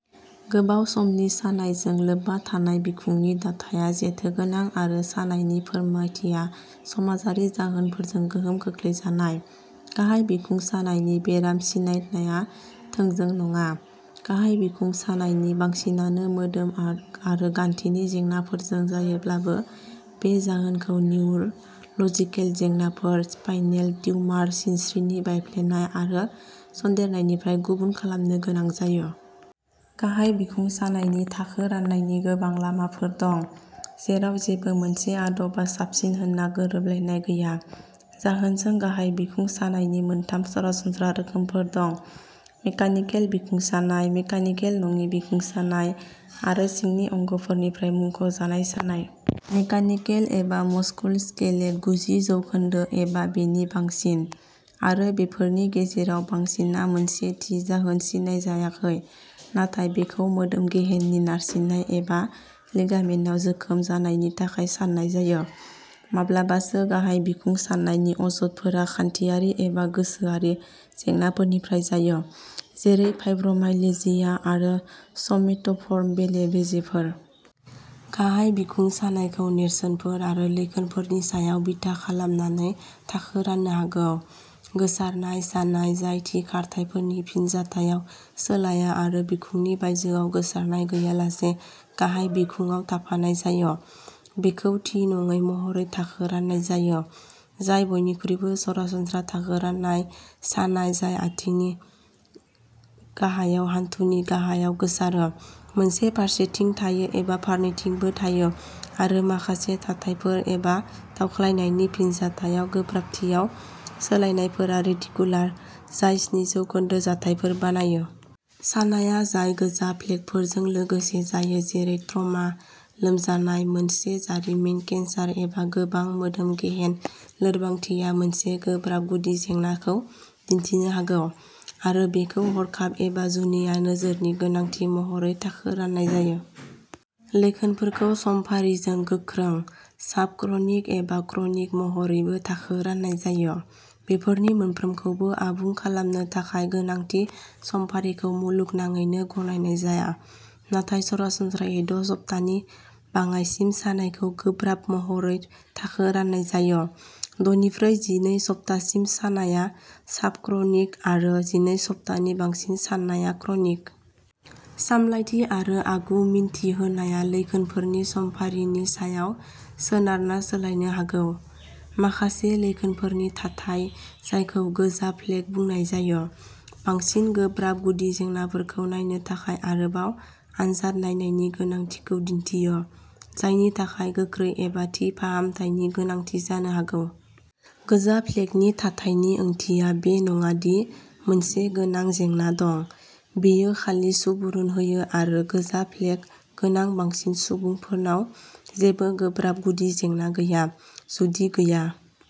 गोबाव समनि सानायजों लोब्बा थानाय बिखुंनि दाथाया जेथोगोनां आरो सानायनि फोरमायथिया समाजारि जाहोनफोरजों गोहोम खोख्लैजानाय, गाहाय बिखुं सानायनि बेराम सिनायनाया थोंजों नङा। गाहाय बिखुं सानायनि बांसिनानो मोदोम आरो गान्थिनि जेंनाफोरजों जायोब्लाबो बे जाहोनखौ निउर'ल'जिकेल जेंनाफोर, स्पाइनेल टिउमार, सिनस्रिनि बायफ्लेनाय आरो सन्देरनायफोरनिफ्राय गुबुन खालामनो गोनां जायो। गाहाय बिखुं सानायनि थाखो राननायनि गोबां लामाफोर दं, जेराव जेबो मोनसे आदबआ साबसिन होनना गोरोबलायनाय गैया। जाहोनजों गाहाय बिखुं सानायनि मोनथाम सरासनस्रा रोखोमफोर दं। मेकानिकेल बिखुं सानाय, मेकानिकेल नङि बिखुं सानाय, आरो सिंनि अंगफोरनिफ्राय मुंख'जानाय सानाय। मेकानिकेल एबा मस्कुलस्केलेट गुजि जौखोन्दो एबा बेनि बांसिन, आरो बेफोरनि गेजेराव बांसिन आ मोनसे थि जाहोन सिनायजायाखै, नाथाय बेखौ मोदोम गेहेननि नारसिननाय एबा लिगामेन्टआव जोखोम जानायनि थाखाय साननाय जायो। माब्लाबासो गाहाय बिखुं सानायनि अजदफोरा खान्थियारि एबा गोसोआरि जेंनाफोरनिफ्राय जायो, जेरै फाइब्रोमाइल्जिया आरो स'मेटोफर्म बेले-बेजेफोर। गाहाय बिखुं सानायखौ नेरसोनफोर आरो लैखोनफोरनि सायाव बिथा खालामनानै थाखो राननो हागौ। गोसारनाय सानाय जाय थि खारथाइफोरनि फिनजाथायाव सोलाया आरो बिखुंनि बायजोआव गोसारनाय गैयालासे गाहाय बिखुंआव थाफानाय जायो, बेखौ थि नङै महरै थाखो राननाय जायो, जाय बयनिख्रुइबो सरासनस्रा थाखो राननाय सानाय जाय आथिंनि गाहायाव हान्थुनि गाहायाव गोसारो, मोनसे फारसेथिं थायो एबा फारनैथिंबो थायो आरो माखासे थाथायफोर एबा दावख्लायनायनि फिनजाथायाव गोब्राबथियाव सोलायनायफोरा रेडिकुलार, जाय स्नि जौखोन्दो जाथायफोर बानायो। सानाया जाय गोजा फ्लेगफोरजों लोगोसे जायो जेरै ट्रमा, लोमजानाय, मोनसे जारिमिन केन्सार एबा गोबां मोदोम-गेहेन लोरबांथिया मोनसे गोब्राब गुदि जेंनाखौ दिन्थिनो हागौ आरो बेखौ हरखाब एबा जुनिया नोजोरनि गोनांथि महरै थाखो राननाय जायो। लैखोनफोरखौ समफारिजों गोख्रों, साब-क्रनिक एबा क्रनिक महरैबो थाखो राननाय जायो। बेफोरनि मोनफ्रोमखौबो आबुं खालामनो थाखाय गोनां थि समफारिखौ मुलुगनाङैनो गनायनाय जाया, नाथाय सरासनस्रायै द' सप्ताहनि बाङाइसिन सानायखौ गोब्राब महरै थाखो राननाय जायो, द'निफ्राय जिनै सप्ताहसिम सानायआ साब-क्रनिक, आरो जिनै सप्ताहनि बांसिन साननाया क्रनिक। सामलायथि आरो आगु मिन्थि होनाया लैखोनफोरनि समफारिनि सायाव सोनारना सोलायनो हागौ। माखासे लैखोनफोरनि थाथाय, जायखौ गोजा फ्लेग बुंनाय जायो, बांसिन गोब्राब गुदि जेंनाफोरखौ नायनो थाखाय आरोबाव आनजाद नायनायनि गोनांथिखौ दिन्थियो, जायनि थाखाय गोख्रै एबा थि फाहामथायनि गोनांथि जानो हागौ। गोजा फ्लेगनि थाथायनि ओंथिया बे नङा दि मोनसे गोनां जेंना दं। बेयो खालि सुबुरुन होयो, आरो गोजा फ्लेग गोनां बांसिन सुबुंफोरनाव जेबो गोब्राब गुदि जेंना गैया। जुदि गैया।